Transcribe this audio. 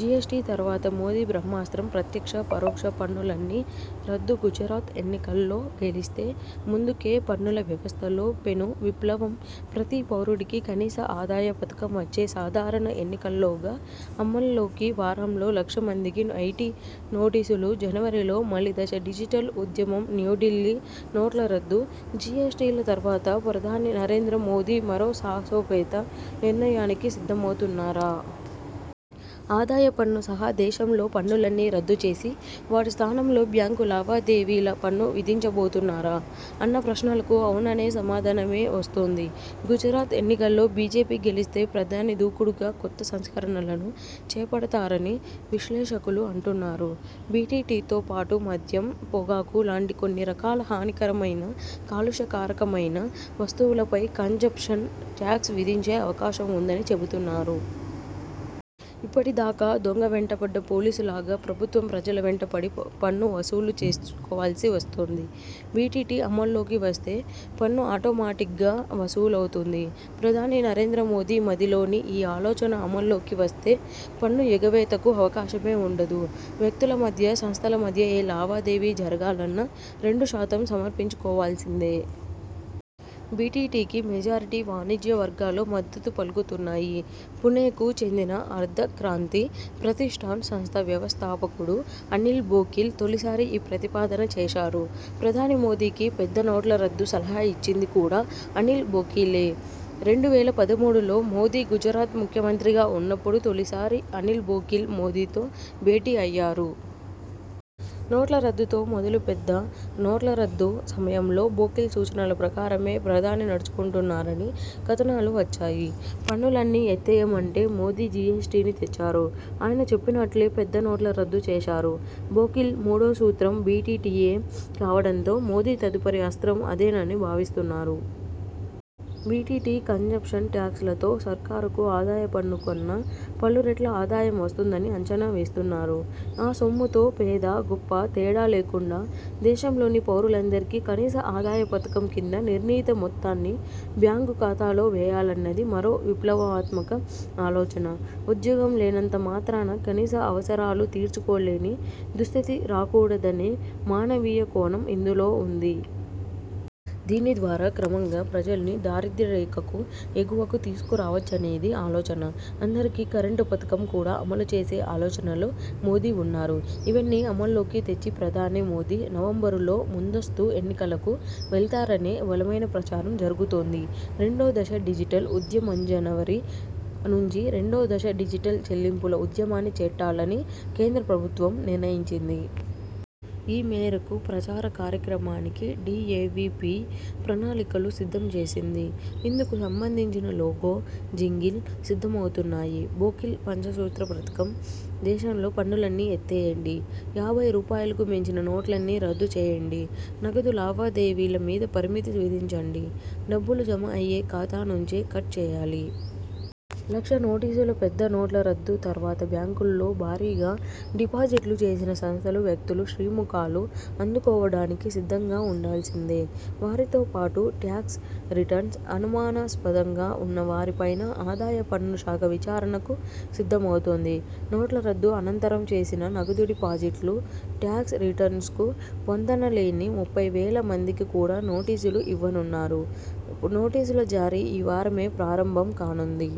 GST తర్వాత మోదీ బ్రహ్మాస్త్రం.. ప్రత్యక్ష, పరోక్ష పన్నులన్నీ రద్దుగుజరాత్ ఎన్నికల్లో గెలిస్తే ముందుకేపన్నుల వ్యవస్థలో పెను విప్లవంప్రతీ పౌరుడికి కనీస ఆదాయ పథకంవచ్చే సాధారణ ఎన్నికల్లోగా అమల్లోకివారంలో లక్ష మందికి ఐటీ నోటీసులుజనవరిలో మలి దశ డిజిటల్ ఉద్యమంన్యూఢిల్లీ నోట్ల రద్దు, జీఎస్టీల తర్వాత ప్రధాని నరేంద్ర మోదీ మరో సాహసోపేత నిర్ణయానికి సిద్ధమవుతున్నారా? ఆదాయ పన్ను సహా దేశంలో పన్నులన్నీ రద్దుచేసి వాటి స్థానంలో బ్యాంకు లావాదేవీల పన్ను విధించబోతున్నారా? అన్న ప్రశ్నలకు అవుననే సమాధానమే వస్తోంది. గుజరాత్ ఎన్నికల్లో బీజేపీ గెలిస్తే ప్రధాని దూకుడుగా కొత్త సంస్కరణలను చేపడతారని విశ్లేషకులు అంటున్నారు. బీటీటీతో పాటు మద్యం, పొగాకు లాంటి కొన్ని రకాల హానికరమైన, కాలుష్యకారకమైన వస్తువులపై కన్జంప్షన్ ట్యాక్స్ విధించే అవకాశం ఉందని చెబుతున్నారు. ఇప్పటిదాకా దొంగ వెంటపడ్డ పోలీసులాగా ప్రభుత్వం ప్రజల వెంటపడి పన్ను వసూలు చేసుకోవాల్సి వస్తోంది. బీటీటీ అమల్లోకి వస్తే పన్ను ఆటోమాటిక్గా వసూలవుతుంది. ప్రధాని నరేంద్ర మోదీ మదిలోని ఈ ఆలోచన అమల్లోకి వస్తే పన్ను ఎగవేతకు అవకాశమే ఉండదు. వ్యక్తుల మధ్య, సంస్థల మధ్య ఏ లావాదేవీ జరగాలన్నా రెండు శాతం సమర్పించుకోవాల్సిందే. బీటీటీకి మెజారిటీ వాణిజ్య వర్గాలు మద్దతు పలుకుతున్నాయి. పుణేకు చెందిన అర్ధక్రాంతి ప్రతిష్ఠాన్ సంస్థ వ్యవస్థాపకుడు అనిల్ బోకిల్ తొలిసారి ఈ ప్రతిపాదన చేశారు. ప్రధాని మోదీకి పెద్ద నోట్ల రద్దు సలహా ఇచ్చింది కూడా అనిల్ బోకిలే. రెండు వేల పదమూడులో మోదీ గుజరాత్ ముఖ్యమంత్రిగా ఉన్నపుడు తొలిసారి అనిల్ బోకిల్ మోదీతో భేటీ అయ్యారు. నోట్ల రద్దుతో మొదలుపెద్ద నోట్ల రద్దు సమయంలో బోకిల్ సూచనల ప్రకారమే ప్రధాని నడుచుకుంటున్నారని కథనాలు వచ్చాయి. పన్నులన్నీ ఎత్తేయమంటే మోదీ జీఎస్టీని తెచ్చారు. ఆయన చెప్పినట్లే పెద్ద నోట్ల రద్దు చేశారు. బోకిల్ మూడో సూత్రం బీటీటీయే కావడంతో మోదీ తదుపరి అస్త్రం అదేనని భావిస్తున్నారు. బీటీటీ, కన్జంప్షన్ ట్యాక్స్లతో సర్కారుకు ఆదాయ పన్ను కన్నా పలురెట్ల ఆదాయం వస్తుందని అంచనా వేస్తున్నారు. ఆ సొమ్ముతో పేదా, గొప్పా తేడా లేకుండా దేశంలోని పౌరులందరికీ కనీస ఆదాయ పథకం కింద నిర్ణీత మొత్తాన్ని బ్యాంకు ఖాతాలో వేయాలన్నది మరో విప్లవాత్మక ఆలోచన. ఉద్యోగం లేనంత మాత్రాన కనీస అవసరాలు తీర్చుకోలేని దుస్థితి రాకూడదనే మానవీయ కోణం ఇందులో ఉంది. దీనిద్వారా క్రమంగా ప్రజల్ని దారిద్య్రరేఖకు ఎగువకుతీసుకు రావచ్చనేది ఆలోచన. అందరికీ కరెంటు పథకం కూడా అమలు చేసే ఆలోచనలో మోదీ ఉన్నారు. ఇవన్నీ అమల్లోకి తెచ్చి ప్రధాని మోదీ నవంబరులోముందస్తు ఎన్నికలకు వెళ్తారనే బలమైన ప్రచారం జరుగుతోంది. రెండో దశ డిజిటల్ ఉద్యమంజనవరి నుంచి రెండో దశ డిజిటల్ చెల్లింపుల ఉద్యమాన్ని చేట్టాలని కేంద్ర ప్రభుత్వం నిర్ణయించింది. ఈ మేరకు ప్రచార కార్యక్రమానికి డీఏవీపీ ప్రణాళికలు సిద్ధం చేసింది. ఇందుకు సంబంధించిన లోగో, జింగిల్ సిద్ధమవుతున్నాయి. బోకిల్ పంచసూత్ర పథకం దేశంలో పన్నులన్నీ ఎత్తేయండి. యాభై రూపాయలకు మించిన నోట్లన్నీ రద్దు చేయండి నగదు లావాదేవీల మీద పరిమితి విధించండి. డబ్బులు జమ అయ్యే ఖాతా నుంచే కట్ చేయాలి. లక్ష నోటీసులుపెద్ద నోట్ల రద్దు తర్వాత బ్యాంకుల్లో భారీగా డిపాజిట్లు చేసిన సంస్థలు, వ్యక్తులు శ్రీముఖాలు అందుకోవడానికి సిద్ధంగా ఉండాల్సిందే. వారితోపాటు ట్యాక్స్ రిటర్న్స్ అనుమానాస్పదంగా ఉన్న వారిపైనా ఆదాయ పన్ను శాఖ విచారణకు సిద్ధమవుతోంది. నోట్ల రద్దు అనంతరం చేసిన నగదుడిపాజిట్లు, ట్యాక్స్ రిటర్న్స్కు పొంతనలేని ముప్పై వేల మందికి కూడా నోటీసులు ఇవ్వనున్నారు. నోటీసుల జారీ ఈ వారమే ప్రారంభం కానుంది.